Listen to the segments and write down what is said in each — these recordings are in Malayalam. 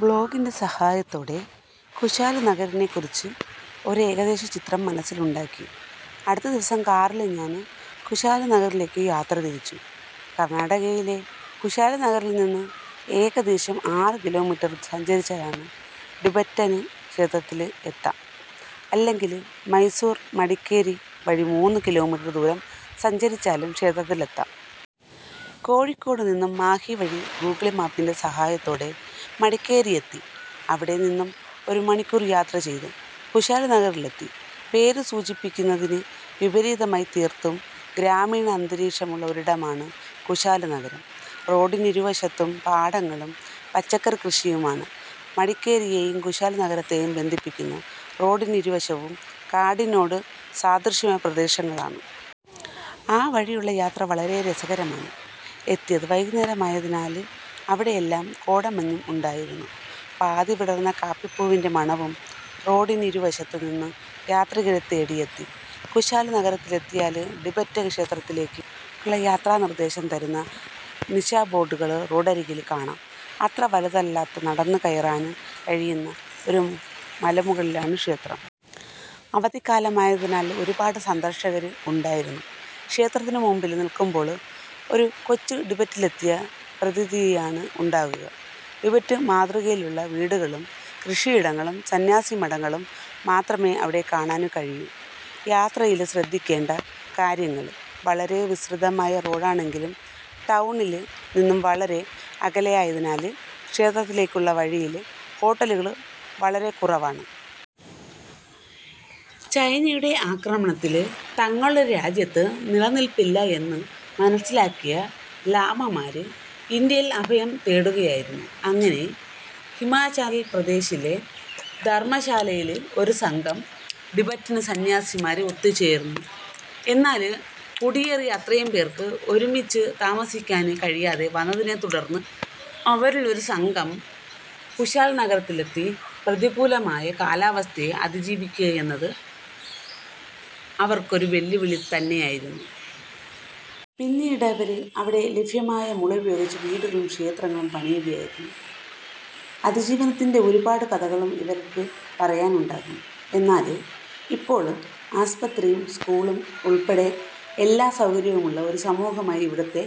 ബ്ലോഗിന്റെ സഹായത്തോടെ കുശാല് നഗറിനെക്കുറിച്ച് ഒരു ഏകദേശ ചിത്രം മനസ്സില് ഉണ്ടാക്കി. അടുത്ത ദിവസം കാറില് ഞാന് കുശാല്നഗറിലേക്ക് യാത്രതിരിച്ചു. കര്ണാടകയിലെ കുശാല് നഗറില് നിന്ന് ഏകദേശം ആറ് കിലോമീറ്റര് സഞ്ചരിച്ചാല് ടിബറ്റന് ക്ഷേത്രത്തില് എത്താം. അല്ലെങ്കില് മൈസൂര്മടിക്കേരി വഴി മൂന്ന് കിലോമീറ്റര് ദൂരം സഞ്ചരിച്ചാലും ക്ഷേത്രത്തിലെത്താം. കോഴിക്കോട് നിന്നും മാഹി വഴി ഗൂഗിള് മാപ്പിന്റെ സഹായത്തോടെ മടിക്കേരി എത്തി. അവിടെ നിന്നും ഒരു മണിക്കൂര് യാത്ര ചെയ്ത് കുശാല് നഗറിലെത്തി. പേര് സൂചിപ്പിക്കുന്നതിന് വിപരീതമായി തീര്ത്തും ഗ്രാമീണ അന്തരീക്ഷമുളള ഒരിടമാണ് കുശാല്നഗരം. റോഡിനിരുവശത്തും പാടങ്ങളും പച്ചക്കറി കൃഷിയുമാണ്. മടിക്കേരിയേയും കുശാല് നഗരത്തേയും ബന്ധിപ്പിക്കുന്ന റോഡിനിരുവശവും കാടിനോട് സദൃശ്യമായ പ്രദേശങ്ങളാണ്. ആ വഴിയുളള യാത്ര വളരെ രസകരമാണ്. എത്തിയത് വൈകുേന്നരമായതിനാല് അവിടെയെല്ലാം കോടമഞ്ഞും ഉണ്ടായിരുന്നു. പാതി വിടര്ന്ന കാപ്പിപ്പൂവിന്റെ മണവും റോഡിനിരുവശത്ത് നിന്നും യാത്രികരെ തേടിയെത്തി. കുശാല് നഗരത്തിലെത്തിയാല് ടിബറ്റന് ക്ഷേത്രത്തിലേക്കുളള യാത്രാനിര്ദേശം തരുന്ന ദിശാബോര്ഡുകള് റോഡരികില് കാണാം. അത്ര വലുതല്ലാത്ത നടന്ന് കയറാന് കഴിയുന്ന ഒരു മലമുകളിലാണ് ക്ഷേത്രം. അവധിക്കാലമായതിനാല് ഒരുപാട് സന്ദര്ശകര് ഉണ്ടായിരുന്നു. ക്ഷേത്രത്തിനു മുമ്പില് നില്ക്കുമ്പോള് ഒരു കൊച്ചു ടിബറ്റിലെത്തിയ പ്രതീതിയാണ് ഉണ്ടാകുക. ടിബറ്റന് മാതൃകയിലുളള വീടുകളും കൃഷിയിടങ്ങളും സന്യാസിമഠങ്ങളും മാത്രമേ അവിടെ കാണാന് കഴിയൂ. യാത്രയില് ശ്രദ്ധിക്കേണ്ട കാര്യങ്ങള് വളരെ വിസ്തൃതമായ റോഡാണെങ്കിലും ടൗണില് നിന്നും വളരെ അകലെയായതിനാല് ക്ഷേത്രത്തിലേക്കുളള വഴിയില് ഹോട്ടലുകള് വളരെക്കുറവാണ്. ചൈനയുടെ ആക്രമണത്തില് തങ്ങളുടെ രാജ്യത്ത് നിലനില്പ്പില്ല എന്നു മനസ്സിലാക്കിയ ലാമമാര് ഇന്ത്യയിൽ അഭയം തേടുകയായിരുന്നു. അങ്ങനെ ഹിമാചല്പ്രദേശിലെ ധര്മ്മശാലയില് ഒരു സംഘം ടിബറ്റന് സന്യാസിമാര് ഒത്തുചേര്ന്നു. എന്നാല് കുടിയേറിയ അത്രയും പേര്ക്ക് ഒരുമിച്ച് താമസിക്കാന് കഴിയാതെ വന്നതിനെത്തുടര്ന്ന് അവരില് ഒരു സംഘം കുശാല്നഗരത്തിലെത്തി. പ്രതികൂലമായ കാലാവസ്ഥയെ അതിജീവിക്കുകയെന്നത് അവര്ക്കൊരു വെല്ലുവിളി തന്നെയായിരുന്നു. പിന്നീടവര് അവിടെ ലഭ്യമായ മുള ഉപയോഗിച്ച് വീടുകളും ക്ഷേത്രങ്ങളും പണിയുകയായിരുന്നു. അതിജീവനത്തിന്റെ ഒരു പാട് കഥകളും ഇവര്ക്ക് പറയാനുണ്ടാകും. എന്നാല് ഇപ്പോള് ആസ്പത്രിയും സ്കൂളും ഉള്പ്പെടെ എല്ലാ സൗകര്യവുമുളള ഒരു സമൂഹമായി ഇവിടുത്തെ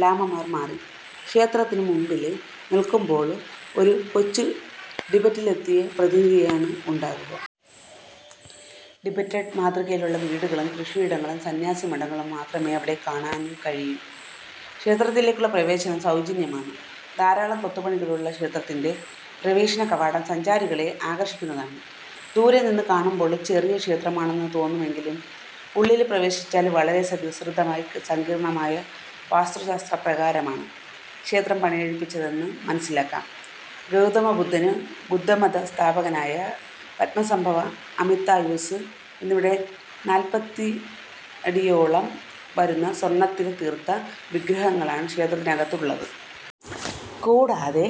ലാമമാര് മാറി. ക്ഷേത്രത്തിനു മുമ്പില് നില്ക്കുമ്പോള് ഒരു കൊച്ചു ടിബറ്റിലെത്തിയ പ്രതീതിയാണ് ഉണ്ടാകുക. ടിബറ്റന് മാതൃകയിലുളള വീടുകളും, കൃഷിയിടങ്ങളും, സന്യാസിമഠങ്ങളും മാത്രമേ അവിടെ കാണാന് കഴിയൂ. ക്ഷേത്രത്തിലേക്കുള്ള പ്രവേശനം സൗജന്യമാണ്. ധാരാളം കൊത്തുപണികളുളള ക്ഷേത്രത്തിന്റെ പ്രവേശനകവാടം സഞ്ചാരികളെ ആകര്ഷിക്കുതാണ്. ദൂരെ നി്ന്ന് കാണുമ്പോള് ചെറിയ ക്ഷേത്രമാണെന്നു തോന്നുമെങ്കിലും ഉള്ളില് പ്രവേശിച്ചാല് വളരെ വിസ്തൃതമായി സങ്കീര്ണ്ണമായ വാസ്തുശാസ്ത്രപ്രകാരമാണ് ക്ഷേത്രം പണിക്കഴിപ്പിച്ചതെന്ന് മനസ്സിലാക്കാം. ഗൗതമ ബുദ്ധന്, ബുദ്ധമത സ്ഥാപകനായ പദ്മസംഭവ, അമിത്തായൂസ് എന്നിവരുടെ നാല്പ്പത്തിടിയോളം വരുന്ന സ്വര്ണ്ണത്തില് തീര്ത്ത വിഗ്രഹങ്ങളാണ് ക്ഷേത്രത്തിനകത്ത് ഉളളത്. കൂടാതെ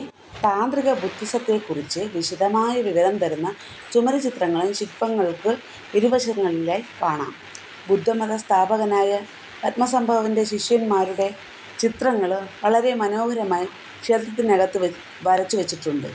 താന്ത്രിക ബുദ്ധിസത്തെക്കുറിച്ച് വിശദമായ വിവരം തരുന്ന ചുമര്ച്ചിത്രങ്ങളും ശില്പ്പങ്ങള്ക്ക് ഇരുവശങ്ങളിലായി കാണാം. ബുദ്ധമത സ്ഥാപകനായ പദ്മസംഭവന്റെ ശിഷ്യന്മാരുടെ ചിത്രങ്ങള് വളരെ മനോഹരമായി ക്ഷേത്രത്തിനകത്ത് വരച്ചുവെച്ചിട്ടുണ്ട്.